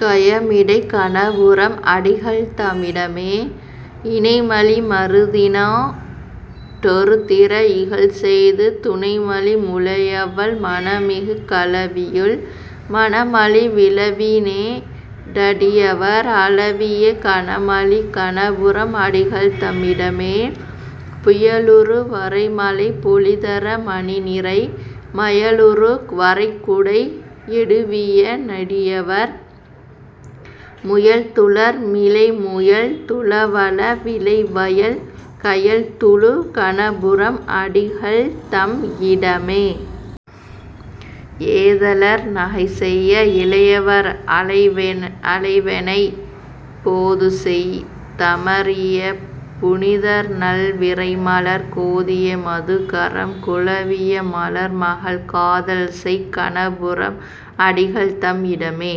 கயமிடை கணபுரம் அடிகள்தமிடமே.. இணைமலி மருதினொ டெருதிற இகல்செய்து துணைமலி முலையவள் மணமிகு கலவியுள், மணமலி விழவினொ டடியவர் அளவிய, கணமலி கணபுரம் அடிகள்தம் இடமே.. புயலுறு வரைமழை பொழிதர மணிநிரை, மயலுற வரைகுடை யெடுவிய நெடியவர், முயல்துளர் மிளைமுயல் துளவள விளைவயல், கயல்துளு கணபுரம் அடிகள்தம் இடமே.. ஏதலர் நகைசெய இளையவர் அளைவெணெய் போதுசெய் தமரிய புனிதர்நல் விரைமலர் கோதிய மதுகரம் குலவிய மலர்மகள் காதல்செய் கணபுரம் அடிகள்தம் இடமே..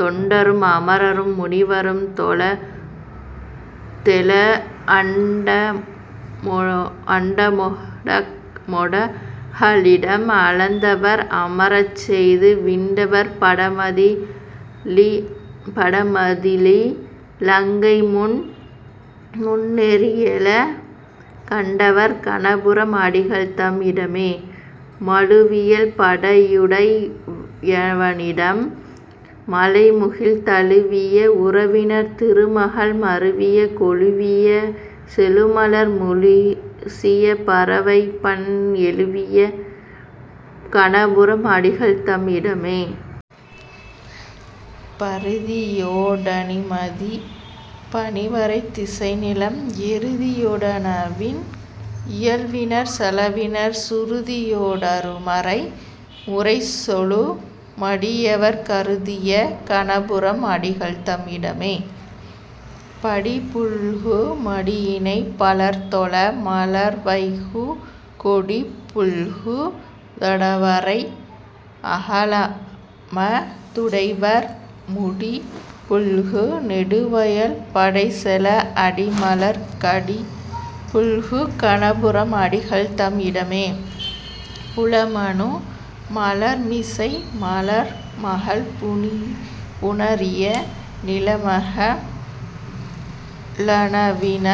தொண்டரும் அமரரும் முனிவரும் தொழுதெழ அண்டமொ டகலிடம் அளந்தவர் அமர்ச்செய்து விண்டவர் படமதி ளிலங்கைமுன் னெரியெழ கண்டவர் கணபுரம் அடிகள்தம் இடமே.. மழுவியல் படையுடை யவனிடம் மழைமுகில், தழுவிய உருவினர் திருமகள் மருவிய கொழுவிய செழுமலர் முழுசிய பறவைபண் எழுவிய கணபுரம் அடிகள்தம் இடமே.. பரிதியொ டணிமதி பனிவரை திசைநிலம் எரிதியொ டெனவின இயல்வினர் செலவினர் சுருதியொ டருமறை முறைசொலு மடியவர் கருதிய கணபுரம் அடிகள்தம் இடமே.. படிபுல்கு மடியிணை பலர்தொழ மலர்வைகு கொடிபுல்கு தடவரை அகலம துடையவர் முடிபுல்கு நெடுவயல் படைசெல அடிமலர் கடிபுல்கு கணபுரம் அடிகள்தம் இடமே.. புலமனு மலர்மிசை மலர்மகள் புணரிய நிலமக ளெனவின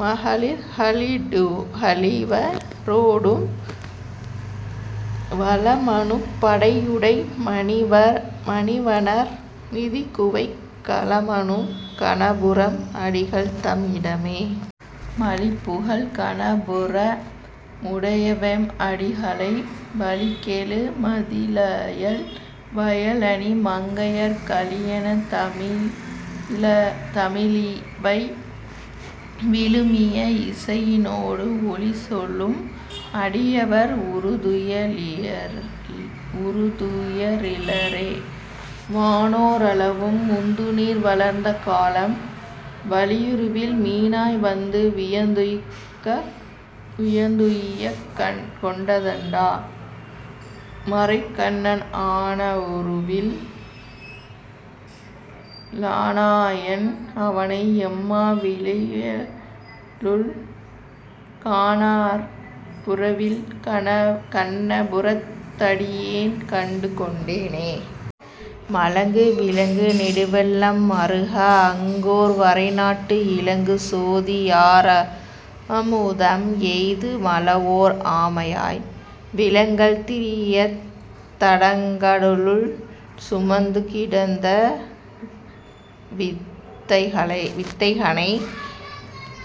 மகளிர்க ளிவரொடும் வலமனு படையுடை மணிவணர் நிதிகுவை கலமனு கணபுரம் அடிகள்தம் இடமே.. மலிபுகழ் கணபுர முடையவெம் அடிகளை வலிகெழு மதிளயல் வயலணி மங்கையர் கலியன தமிழிவை விழுமிய இசையினொடு ஒலிசொலும் அடியவர் உறுதுய ரிலரே. வானோ ரளவும் முதுமுந்நீர் வளர்ந்த காலம், வலியுருவில் மீனாய் வந்து வியந்துய்யக் கொண்ட தண்டா மரைக்கண்ணன், ஆனா வுருவி லானாயன் அவனை யம்மா விளைவயலுள், கானார் புறவில் கண்ணபுரத் தடியேன் கண்டு கொண்டேனே.. மலங்கு விலங்கு நெடுவெள்ளம் மறுக அங்கோர் வரைநட்டு இலங்கு சோதி யாரமுதம் எய்து மளவோர் ஆமையாய், விலங்கல் திரியத் தடங்கடலுள் சுமந்து கிடந்த வித்தகனை,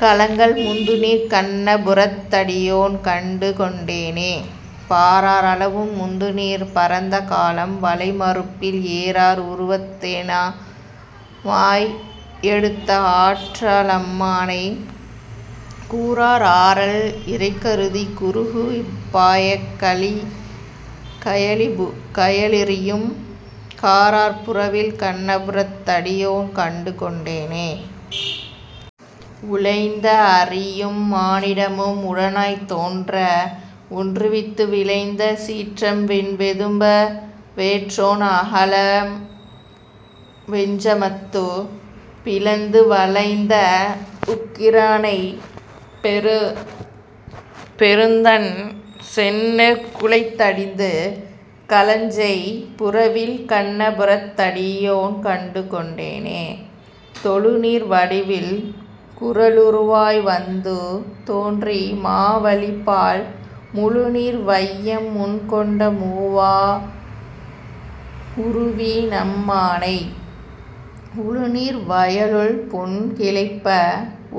கலங்கல் முந்நீர்க் கண்ணபுரத் தடியேன் கண்டு கொண்டேனே.. பாரார் அளவும் முதுமுந்நீர் பரந்த காலம், வளைமருப்பில் ஏரார் உருவத் தேனமாய் எடுத்த ஆற்ற லம்மானை, கூரார் ஆரல் இரைகருதிக் குருகு பாயக் கயலிரியும், காரார் புறவில் கண்ணபுரத் தடியேன் கண்டு கொண்டேனே.. உளைந்த அரியும் மானிடமும் உடனாய்த் தோன்ற ஒன்றுவித்து, விளைந்த சீற்றம் விண்வெதும்ப வேற்றோன் அகலம் வெஞ்சமத்து, பிளந்து வளைந்த வுகிரானைப் பெருந்தண் செந்நெற் குலைதடிந்து, களஞ்செய் புறவில் கண்ணபுரத் தடியேன் கண்டு கொண்டேனே.. தொழுநீர் வடிவில் குறளுருவாய் வந்து தோன்றி மாவலிபால், முழுநீர் வையம் முன்கொண்ட மூவா வுருவி னம்மானை உழுநீர் வயலுள் பொன்கிளைப்ப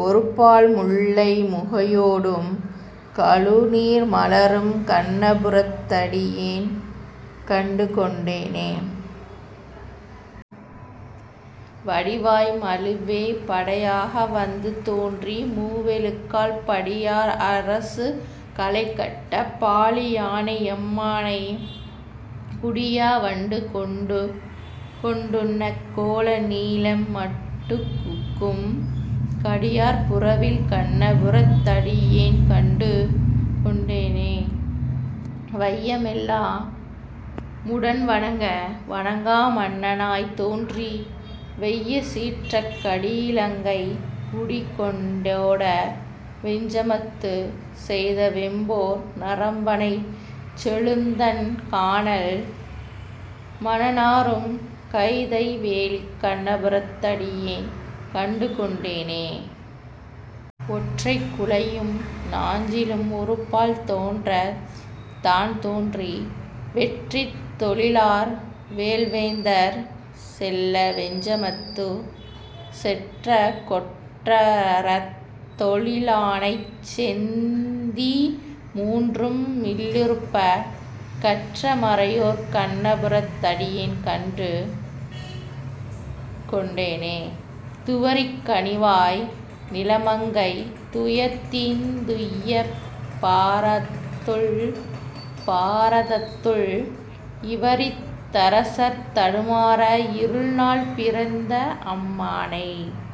ஒருபால் முல்லை முகையோடும் கழுநீர் மலரும் கண்ணபுரத் தடியேன் கண்டு கொண்டேனே.. வடிவாய் மழுவே படையாக வந்து தோன்றி மூவெழுகால், படியார் அரசு களைகட்ட பாழி யானை யம்மானை, குடியா வண்டு கொண்டுண்ணக் கோல நீலம் மட்டுகுக்கும், கடியார் புறவில் கண்ணபுரத் தடியேன் கண்டு கொண்டேனே.. வைய மெல்லா முடன்வணங்க வணங்கா மன்ன னாய்த்தோன்றி, வெய்ய சீற்றக் கடியிலங்கை குடிகொண் டோட வெஞ்சமத்து, செய்த வெம்போர் நம்பரனைச் செழுந்தண் கானல் மணநாறும், கைதை வேலிக் கண்ணபுரத் தடியேன் கண்டு கொண்டேனே.. ஒற்றைக் குழையும் நாஞ்சிலும் ஒருபால் தோன்றத் தான்தோன்றி, வெற்றித் தொழிலார் வேல்வேந்தர் செல்ல வெஞ்சமத்து, செற்ற கொற்றத் தொழிலானைச் செந்தீ மூன்றும் மில்லிருப்ப, கற்ற மறையோர் கண்ணபுரத் தடியேன் கண்டு கொண்டேனே.. துவரிக் கனிவாய் நிலமங்கை துயர்தீர்ந் துய்யப் பாரதத்துள், இவரித் தரசர் தடுமாற இருள்நாள் பிறந்த அம்மானை,